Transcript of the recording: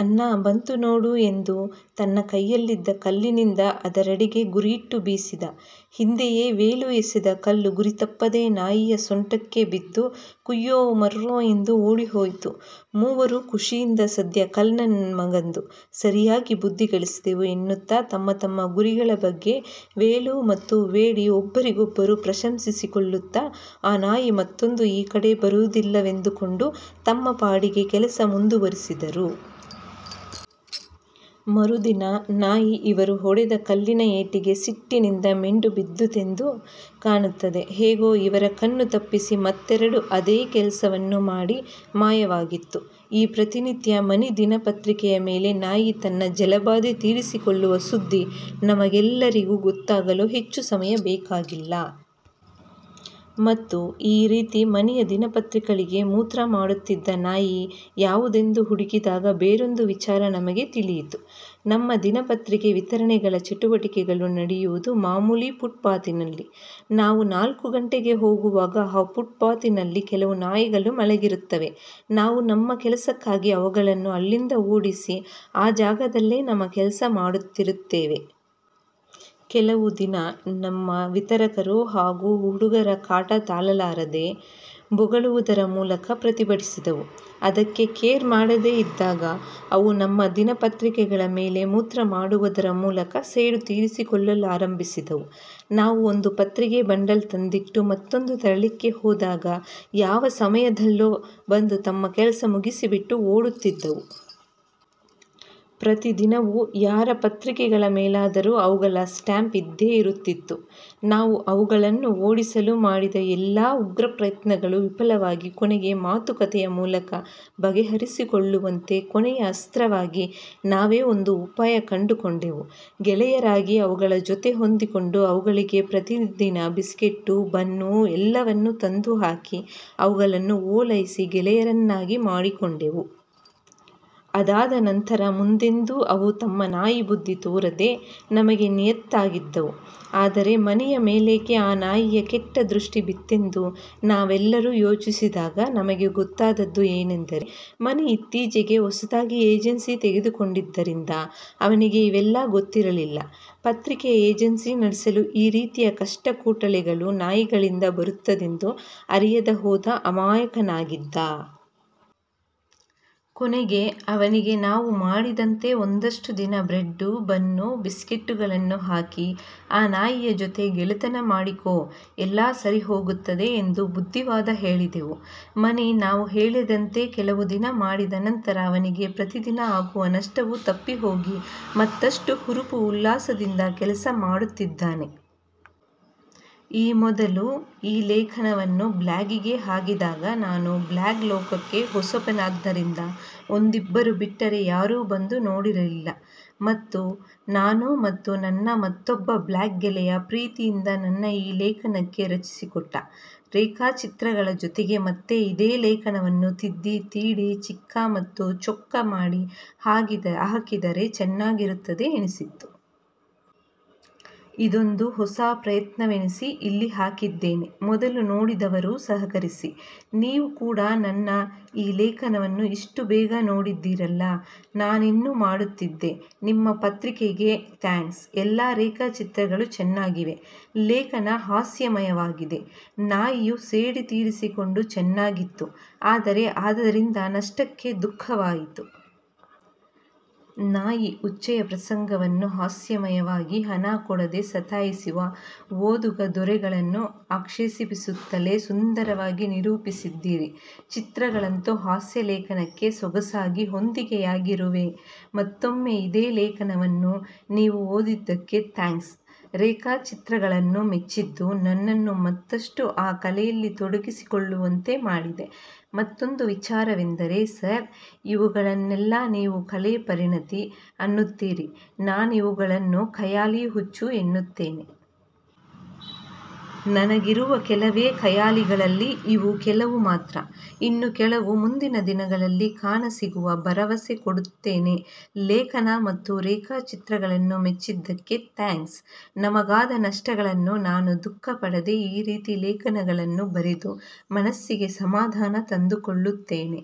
"ಆಣ್ಣ ಬಂತು ನೋಡು ಎಂದು ತನ್ನ ಕೈಯಲ್ಲಿದ್ದ ಕಲ್ಲಿನಿಂದ ಅದರೆಡೆಗೆ ಗುರಿಯಿಟ್ಟು ಬೀಸಿದ. ಹಿಂದೆಯೇ ವೇಲು ಎಸೆದ ಕಲ್ಲು ಗುರಿತಪ್ಪದೇ ನಾಯಿಯ ಸೊಂಟಕ್ಕೆ ಬಿದ್ದು ಕುಯ್ಯೋ ಮರ್ರೋ ಎಂದು ಓಡಿಹೋಯಿತು. ಮೂವರು ಖುಷಿಯಿಂದ ಸದ್ಯ ಕಳ್ಳನನ್ ಮಗಂದು ಸರಿಯಾಗಿ ಬುದ್ಧಿ ಕಲಿಸಿದೆವು ಎನ್ನುತ್ತಾ ತಮ್ಮ ತಮ್ಮ ಗುರಿಗಳ ಬಗ್ಗೆ ವೇಲು ಮತ್ತು ವೇಡಿ ಒಬ್ಬರಿಗೊಬ್ಬರು ಪ್ರಶಂಸಿಸಿಕೊಳ್ಳುತ್ತಾ ಆ ನಾಯಿ ಮತ್ತೆಂದು ಈ ಕಡೆ ಬರುವುದಿಲ್ಲವೆಂದುಕೊಂಡು ತಮ್ಮ ಪಾಡಿಗೆ ಕೆಲಸ ಮುಂದುವರಿಸಿದರು. ಮರುದಿನ ನಾಯಿ ಇವರು ಹೊಡೆದ ಕಲ್ಲಿನ ಏಟಿಗೆ ಸಿಟ್ಟಿನಿಂದ ಮೊಂಡುಬಿದ್ದಿತೆಂದು ಕಾಣುತ್ತದೆ. ಹೇಗೋ ಇವರ ಕಣ್ಣು ತಪ್ಪಿಸಿ ಮತ್ತೆರಡು ಆದೇ ಕೆಲಸವನ್ನು ಮಾಡಿ ಮಾಯವಾಗಿತ್ತು. ಈ ಪ್ರತಿನಿತ್ಯ ಮಣಿ ದಿನಪತ್ರಿಕೆಯ ಮೇಲೆ ನಾಯಿ ತನ್ನ ಜಲಭಾದೆ ತೀರಿಸಿಕೊಳ್ಳುವ ಸುದ್ಧಿ ನಮಗೆಲ್ಲರಿಗೂ ಗೊತ್ತಾಗಲು ಹೆಚ್ಚು ಸಮಯ ಬೇಕಾಗಲಿಲ್ಲ. ಮತ್ತು ಈ ರೀತಿ ಮಣಿಯ ದಿನಪತ್ರಿಕೆಗಳಿಗೆ ಮೂತ್ರ ಮಾಡುತ್ತಿದ್ದ ನಾಯಿ ಯಾವುದೆಂದು ಹುಡುಕಿದಾಗ ಬೇರೊಂದು ವಿಚಾರ ನಮಗೆ ತಿಳಿಯಿತು. ನಮ್ಮ ದಿನಪತ್ರಿಕೆ ವಿತರಣೆಗಳ ಚಟುವಟಿಕೆಗಳು ನಡೆಯುವುದು ಮಾಮೂಲಿ ಫುಟ್ ಪಾತಿನಲ್ಲಿ. ನಾವು ನಾಲ್ಕು ಗಂಟೆಗೆ ಹೋಗುವಾಗ ಆ ಫುಟ್ ಪಾತಿನಲ್ಲಿ ಕೆಲವು ನಾಯಿಗಳು ಮಲಗಿರುತ್ತವೆ. ನಾವು ನಮ್ಮ ಕೆಲಸಕ್ಕಾಗಿ ಅವುಗಳನ್ನು ಅಲ್ಲಿಂದ ಓಡಿಸಿ ಆ ಜಾಗದಲ್ಲೇ ನಮ್ಮ ಕೆಲಸ ಮಾಡುತ್ತಿರುತ್ತೇವೆ. ಕೆಲವು ದಿನ ನಮ್ಮ ವಿತರಕರು ಹಾಗೂ ಹುಡುಗರ ಕಾಟ ತಾಳಲಾರದೆ, ಬೊಗಳುವುದರ ಮೂಲಕ್ ಪ್ರತಿಭಟಿಸಿದವು. ಅದಕ್ಕೆ ಕೇರ್ ಮಾಡದೆ ಇದ್ದಾಗ ಅವು ನಮ್ಮ ದಿನಪತ್ರಿಕೆಗಳ ಮೇಲೆ ಮೂತ್ರ ಮಾಡುವುದರ ಮೂಲಕ ಸೇಡು ತೀರಿಸಿಕೊಳ್ಳಲಾರಂಭಿಸಿದವು. ನಾವು ಒಂದು ಪತ್ರಿಕೆ ಬಂಡಲ್ ತಂದಿಟ್ಟು ಮತ್ತೊಂದು ತರಲಿಕ್ಕೆ ಹೋದಾಗ ಯಾವ ಮಾಯದಲ್ಲೋ ಬಂದು ತಮ್ಮ ಕೆಲಸ ಮುಗಿಸಿಬಿಟ್ಟು ಓಡುತ್ತಿದ್ದವು. ಪ್ರತಿದಿನವೂ ಯಾರ ಪತ್ರಿಕೆಗಳ ಮೇಲಾದರೂ ಅವುಗಳ ಸ್ಟಾಂಪ್ ಇದ್ದೇ ಇರುತ್ತಿತ್ತು. ನಾವು ಅವುಗಳನ್ನು ಓಡಿಸಲು ಮಾಡಿದ ಎಲ್ಲಾ ಉಗ್ರ ಪ್ರಯತ್ನಗಳು ವಿಫಲವಾಗಿ ಕೊನೆಗೆ ಮಾತುಕತೆಯ ಮೂಲಕ ಬಗೆಹರಿಸಿಕೊಳ್ಳುವಂತೆ ಕೊನೆಯ ಅಸ್ತ್ರವಾಗಿ ನಾವೇ ಒಂದು ಉಪಾಯ ಕಂಡು ಕೊಂಡೆವು. ಗೆಳೆಯರಾಗಿ ಅವುಗಳ ಜೊತೆ ಹೊಂದಿಕೊಂಡು ಅವುಗಳಿಗೆ ಪ್ರತಿದಿನ ಬಿಸ್ಕೆಟ್ಟು, ಬನ್ನು ಎಲ್ಲವನ್ನು ತಂದು ಹಾಕಿ ಅವುಗಳನ್ನು ಓಲೈಸಿ ಗೆಳೆಯರನ್ನಾಗಿ ಮಾಡಿಕೊಂಡೆವು. ಅದಾದ ನಂತರ ಮುಂದೆಂದು ಅವು ತಮ್ಮ ನಾಯಿ ಬುದ್ದಿ ತೋರದೆ ನಮಗೆ ನಿಯತ್ತಾಗಿದ್ದವು. ಅದರೆ ಮಣಿಯ ಮೇಲೇಕೆ ಆ ನಾಯಿಯ ಕೆಟ್ಟ ದೃಷ್ಟಿ ಬಿತ್ತೆಂದು ನಾವೆಲ್ಲರೂ ಯೋಚಿಸಿದಾಗ ನಮಗೆ ಗೊತ್ತಾದದ್ದು ಏನೆಂದರೆ, ಮಣಿ ಇತ್ತೀಚೆಗೆ ಹೊಸದಾಗಿ ಏಜೆನ್ಸಿ ತೆಗೆದುಕೊಂಡಿದ್ದರಿಂದ ಅವನಿಗೆ ಇವೆಲ್ಲಾ ಗೊತ್ತಿರಲಿಲ್ಲ. ಪತ್ರಿಕೆಯ ಏಜೆನ್ಸಿ ನಡೆಸಲು ಈ ರೀತಿಯ ಕಷ್ಟ-ಕೋಟಲೆಗಳು ನಾಯಿಗಳಿಂದ ಬರುತ್ತದೆಂದು ಅರಿಯದ ಹೋದ ಅಮಾಯಕನಾಗಿದ್ದ. ಕೊನೆಗೆ ಅವನಿಗೆ ನಾವು ಮಾಡಿದಂತೆ ಒಂದಷ್ಟು ದಿನ ಬ್ರೆಡ್ಡು, ಬನ್ನು, ಬಿಸ್ಕೆಟ್ಟುಗಳನ್ನು ಹಾಕಿ ಅ ನಾಯಿಯ ಜೊತೆ ಗೆಳೆತನ ಮಾಡಿಕೊ ಎಲ್ಲಾ ಸರಿಹೋಗುತ್ತದೆ ಎಂದು ಬುದ್ಧಿವಾದ ಹೇಳಿದೆವು. ಮಣಿ ನಾವು ಹೇಳಿದಂತೆ ಕೆಲವು ದಿನ ಮಾಡಿದ ನಂತರ ಅವನಿಗೆ ಪ್ರತಿದಿನ ಆಗುವ ನಷ್ಟವು ತಪ್ಪಿಹೋಗಿ ಮತ್ತಷ್ಟು ಹುರುಪು ಉಲ್ಲಾಸದಿಂದ ಕೆಲಸ ಮಾಡುತ್ತಿದ್ದಾನೆ. ಈ ಮೊದಲು ಈ ಲೇಖನವನ್ನು ಬ್ಲಾಗಿಗೆ ಹಾಕಿದಾಗ ನಾನು ಬ್ಲಾಗ್ ಲೋಕಕ್ಕೆ ಹೊಸಬನಾದ್ದರಿಂದ ಒಂದಿಬ್ಬರು ಬಿಟ್ಟರೆ ಯಾರು ಬಂದು ನೋಡಿರಲಿಲ್ಲ. ಮತ್ತು ನಾನು ಮತ್ತು ನನ್ನ ಮತ್ತೊಬ್ಬ ಬ್ಲಾಗ್ ಗೆಳಯ ಪ್ರೀತಿಯಿಂದ ನನ್ನ ಈ ಲೇಖನಕ್ಕೆ ರಚಿಸಿಕೊಟ್ಟ ರೇಖಾಚಿತ್ರಗಳ ಜೊತೆಗೆ ಮತ್ತೆ ಇದೇ ಲೇಖನವನ್ನು ತಿದ್ದಿ ತೀಡಿ ಚಿಕ್ಕ ಮತ್ತು ಚೊಕ್ಕ ಮಾಡಿ ಹಾಕಿದರೆ ಚೆನ್ನಾಗಿರುತ್ತದೆ ಎನಿಸಿತ್ತು. ಇದೊಂದು ಹೊಸ ಪ್ರಯತ್ನವೆನಿಸಿ ಇಲ್ಲಿ ಹಾಕಿದ್ದೇನೆ. ಮೊದಲು ನೋಡಿದವರೂ ಸಹಕರಿಸಿ. ನೀವು ಕೂಡ ನನ್ನ ಈ ಲೇಖನವನ್ನು ಇಷ್ಟು ಬೇಗ ನೋಡಿದಿರಲ್ಲ! ನಾನಿನ್ನು ಮಾಡುತ್ತಿದ್ದೆ. ನಿಮ್ಮ ಪ್ರತಿಕ್ರಯೆಗೆ ಥ್ಯಾಂಕ್ಸ್. ಎಲ್ಲಾ ರೇಖಾಚಿತ್ರಗಳು ಚೆನ್ನಾಗಿವೆ. ಲೇಖನ ಹಾಸ್ಯಮಯವಾಗಿದೆ. ನಾಯಿಯು ಸೇಡು ತೀರಿಸಿಕೊಂಡಿದ್ದು ಚೆನ್ನಾಗಿತ್ತುಆದರೆ ಅದರಿಂದಾದ ನಷ್ಟಕ್ಕೆ ದುಃಖವಾಯಿತು. ನಾಯಿ ಉಚ್ಚೆಯ ಪ್ರಸಂಗವನ್ನು ಹಾಸ್ಯಮಯವಾಗಿ, ಹಣಕೊಡದೆ ಸತಾಯಿಸುವ ಓದುಗ 'ದೊರೆ'ಗಳನ್ನು ಆಕ್ಷೇಪಿಸುತ್ತಲೇ ಸುಂದರವಾಗಿ ನಿರೂಪಿಸಿದ್ದೀರಿ, ಚಿತ್ರಗಳಂತೂ ಹಾಸ್ಯಲೇಖನಕ್ಕೆ ಸೊಗಸಾಗಿ ಹೊಂದಿಕೆಯಾಗಿವೆಮತ್ತೊಮ್ಮೆ ಇದೇ ಲೇಖನವನ್ನು ನೀವು ಓದಿದಕ್ಕೆ ಥ್ಯಾಂಕ್ಸ್. ರೇಖಚಿತ್ರಗಳನ್ನು ಮೆಚ್ಚಿದ್ದು ನನ್ನನ್ನು ಮತ್ತಷ್ಟು ಆ ಕಲೆಯಲ್ಲಿ ತೊಡಗಿಸಿಕೊಳ್ಳುವಂತೆ ಮಾಡಿದೆ. ಮತ್ತೊಂದು ವಿಚಾರವೆಂದರೆ ಸಾರ್ ಇವುಗಳನ್ನೆಲ್ಲಾ ನೀವು ಕಲೆ ಪರಿಣತಿ ಅನ್ನುತ್ತೀರಿನಾನಿವುಗಳನ್ನು ಖಯಾಲಿ, ಹುಚ್ಚು, ಎನ್ನುತ್ತೇನೆ. ನನಗಿರುವ ಕೆಲವೇ ಖಯಾಲಿಗಳಲ್ಲಿ ಇವು ಕೆಲವು ಮಾತ್ರ. ಇನ್ನು ಕೆಲವು ಮುಂದಿನ ದಿನಗಳಲ್ಲಿ ಕಾಣಸಿಗುವ ಭರವಸೆಕೊಡುತ್ತೇನೆಲೇಖನ ಮತ್ತು ರೇಖ ಚಿತ್ರಗಳನ್ನು ಮೆಚ್ಚಿದ್ದಕ್ಕೆ ಥ್ಯಾಂಕ್ಸ್. ನಮಗಾದ ನಷ್ಟಗಳನ್ನು ನಾನು ದುಃಖಪಡದೆ ಈ ರೀತಿ ಲೇಖನಗಳನ್ನು ಬರೆದು ಮನಸ್ಸಿಗೆ ಸಮಾಧಾನ ತಂದುಕೊಳ್ಳುತ್ತೇನೆ.